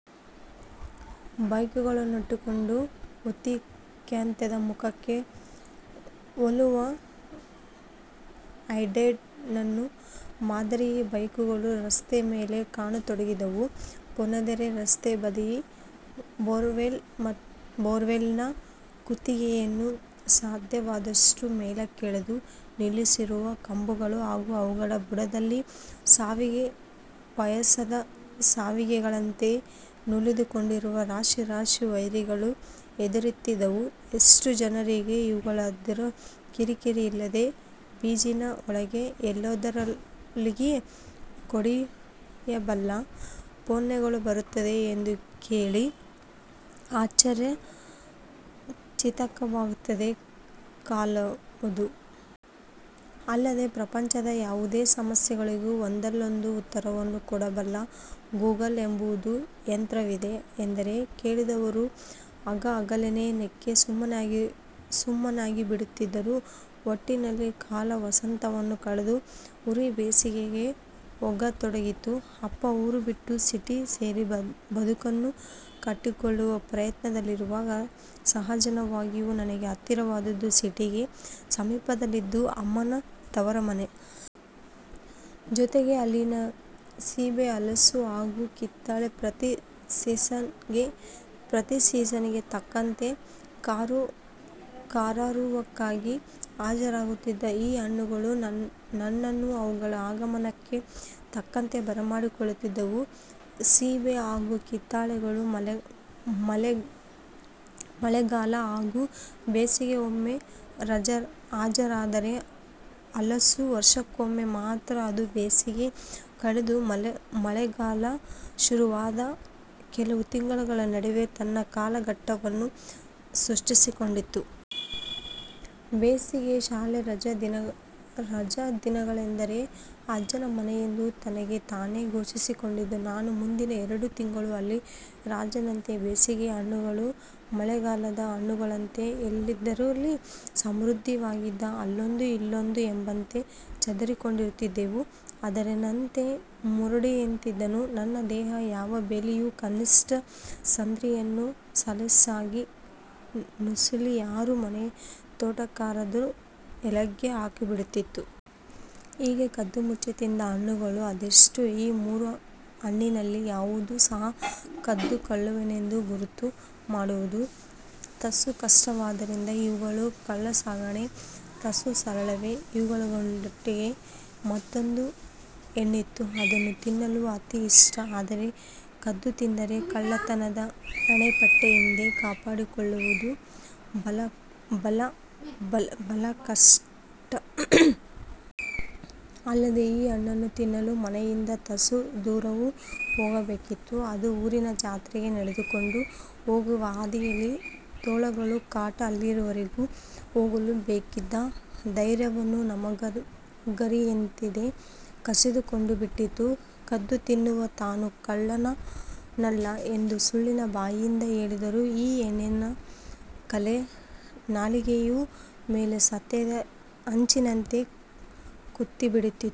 ಬೈಕುಗಳೊಟ್ಟಿಗೆ ಓತಿಕ್ಯಾತದ ಮುಖಕ್ಕೆ ಹೋಲುವ ಹೆಡ್ಲೈಟ್ ನ ನವ ಮಾದರಿಯ ಬೈಕುಗಳು ರಸ್ತೆಯ ಮೇಲೆ ಕಾಣತೊಡಗಿದ್ದವು, ಫೋನೆಂದರೆ ರಸ್ತೆ ಬದಿಯ ಬೋರವೆಲ್ ನ ಕುತ್ತಿಗೆಯನ್ನು ಸಾಧ್ಯವಾದಷ್ಟು ಮೇಲಕ್ಕೆಳೆದು ನಿಲ್ಲಿಸಿರಿವ ಕಂಬಗಳು ಹಾಗು ಅವುಗಳ ಬುಡದಲ್ಲಿ ಶಾವಿಗೆ ಪಾಯಸದ ಶಾವಿಗೆಗಳಂತೆ ನುಲಿದುಕೊಂಡಿರುವ ರಾಶಿ ರಾಶಿ ವೈರುಗಳು ಎಂದರಿತ್ತದ್ದ ಎಷ್ಟೋ ಜನರಿಗೆ ಇವುಗಳ್ಯಾವುದರ ಕಿರಿ- ಕಿರಿ ಇಲ್ಲದೆ ಜೇಬಿನ ಒಳಗೆ ಎಲ್ಲೆಂದರಲ್ಲಿಗೆ ಕೊಡೊಯ್ಯಬಲ್ಲ ಫೋನುಗಳು ಬರುತ್ತಿದೆ ಎಂದು ಕೇಳಿ ಆಶ್ಚರ್ಯ ಚಕಿತವಾಗುತ್ತಿದ್ದ ಕಾಲವದು.. ಅಲ್ಲದೆ ಪ್ರಪಂಚದ ಯಾವುದೇ ಸಮಸ್ಯೆಗಳಿಗೂ ಒಂದಿಲ್ಲೊಂದು ಉತ್ತರವನ್ನು ಕೊಡಬಲ್ಲ 'ಗೂಗಲ್' ಎಂಬೊಂದು ಯಂತ್ರವಿದೆ ಎಂದರೆ ಕೇಳಿದವರು ಗಹಗಹನೇ ನಕ್ಕಿ ಸುಮ್ಮನಾಗಿಬಿಡುತ್ತಿದ್ದರು. ಒಟ್ಟಿನಲ್ಲಿ ಕಾಲ ವಸಂತವನ್ನು ಕಳೆದು ಉರಿ ಬೇಸಿಗೆಗೆ ಒಗ್ಗತೊಡಗಿತ್ತು. ಅಪ್ಪ ಊರು ಬಿಟ್ಟು ಸಿಟಿ ಸೇರಿ ಬದುಕನ್ನು ಕಟ್ಟಿಕೊಳ್ಳುವ ಪ್ರಯತ್ನದಲ್ಲಿರುವಾಗ ಸಹಜವಾಗಿಯೇ ನನಗೆ ಹತ್ತಿರವಾದದ್ದು ಸಿಟಿಗೆ ಸಮೀಪದಲ್ಲಿದ್ದ ಅಮ್ಮನ ತವರು ಮನೆ. ಜೊತೆಗೆ ಅಲ್ಲಿನ ಸೀಬೆ ಹಲಸು ಹಾಗು ಕಿತ್ತಳೆ. ಪ್ರತಿ ಸೀಸನ್ ಗೆ ತಕ್ಕಂತೆ ಕರಾರುವಕ್ಕಾಗಿ ಹಾಜರಾಗುತಿದ್ದ ಈ ಹಣ್ಣುಗಳು ನನ್ನನೂ ಅವುಗಳ ಆಗಮನಕ್ಕೆ ತಕ್ಕಂತೆ ಬರಮಾಡಿಕೊಳ್ಳುತ್ತಿದ್ದವು. ಸೀಬೆ ಹಾಗು ಕಿತ್ತಳೆಗಳು ಮಳೆಗಾಲ ಹಾಗು ಬೇಸಿಗೆಗೊಮ್ಮೆ ಹಾಜರಾದರೆ ಹಲಸು ವರ್ಷಕೊಮ್ಮೆ ಮಾತ್ರ. ಅದೂ ಬೇಸಿಗೆ ಕಳೆದು ಮೆಳೆಗಾಲ ಶುರುವಾದ ಕೆಲ ತಿಂಗಳುಗಳ ನಡುವೆ ತನ್ನ ಕಾಲಘಟ್ಟವನ್ನು ಸೃಷ್ಟಿಸಿಕೊಂಡಿತ್ತು. ಬೇಸಿಗೆಯ ಶಾಲಾ ರಜ ದಿನಗಳೆಂದರೆ ಅಜ್ಜನ ಮನೆಯೆಂದು ತನಗೆ ತಾನೆ ಘೋಷಿಸಿಕೊಂಡಿದ್ದ ನಾನು ಮುಂದಿನ ಎರಡು ತಿಂಗಳು ಅಲ್ಲಿ ರಾಜನಂತೆ. ಬೇಸಿಗೆಯ ಹಣ್ಣುಗಳು ಮಳೆಗಾಲದ ಹಣ್ಣುಗಳಂತೆ ಎಲ್ಲೆಂದರಲ್ಲಿ ಸಮೃದ್ದವಾಗಿರದೆ ಅಲ್ಲೊಂದು ಇಲ್ಲೊಂದು ಎಂಬಂತೆ ಚದುರಿಕೊಂಡಿರುತಿದ್ದವು. ಆದರೇನಂತೆ, ಮೂರಡಿಯಂತಿದ್ದ ನನ್ನ ದೇಹ ಯಾವ ಬೇಲಿಯ ಕನಿಷ್ಠ ಸಂದಿಯನ್ನೂ ಸಲೀಸಾಗಿ ನುಸುಳಿ ಯಾರ ಮನೆಯ ತೋಟಕ್ಕಾದರೂ ಲಗ್ಗೆ ಹಾಕಿಬಿಡುತ್ತಿತ್ತು. ಹೀಗೆ ಕದ್ದು ಮುಚ್ಚಿ ತಿಂದ ಹಣ್ಣುಗಳು ಅದೆಷ್ಟೋ. ಈ ಮೂರೂ ಹಣ್ಣಿನಲ್ಲಿ ಯಾವುದೂ ಸಹ ಕದ್ದವ ಕಳ್ಳನೆಂದು ಗುರುತು ಮಾಡುವುದು ತುಸು ಕಷ್ಟವಾದರಿಂದ ಇವುಗಳ ಕಳ್ಳಸಾಗಣೆ ತುಸು ಸರಳವೇ. ಇವುಗಳೊಟ್ಟಿಗೆ ಮತ್ತೊಂದು ಹಣ್ಣಿತ್ತು. ಅದನ್ನು ತಿನ್ನಲು ಅತಿ ಇಷ್ಟ ಆದರೆ ಕದ್ದು ತಿಂದರೆ ಕಳ್ಳತನದ ಹಣೆಪಟ್ಟಿಯಿಂದ ಕಾಪಾಡಿಕೊಳ್ಳುವುದು ಬಲುಕಷ್ಟ. ಅಲ್ಲದೆ ಈ ಹಣ್ಣನು ತಿನ್ನಲು ಮನೆಯಿಂದ ತುಸು ದೂರವೂ ಹೋಗಬೇಕಿತ್ತು, ಅದೂ ಊರಿನ ಜಾತ್ರೆಗೆ ನೆಡೆದುಕೊಂಡು ಹೋಗುವ ಹಾದಿಯಲ್ಲಿ. ತೋಳಗಳ ಕಾಟ ಅಲ್ಲಿಯವರೆಗೂ ಹೋಗಲು ಬೇಕಿದ್ದ ಧೈರ್ಯವನ್ನು ನಮಗರಿಯದಂತೆ ಕಸಿದುಕೊಂಡುಬಿಟ್ಟಿತ್ತು. ಕದ್ದು ತಿಂದವ ತಾನು ಕಳ್ಳನಲ್ಲ ಎಂದು ಸುಳ್ಳಿನ ಬಾಯಿಂದ ಹೇಳಿದರೂ ಈ ಹಣ್ಣಿನ ಕಲೆ ನಾಲಿಗೆಯ ಮೇಲೆ ಸತ್ಯದ ಹಚ್ಚಿನಂತೆ ಕೂತಿಬಿಡುತಿತ್ತು.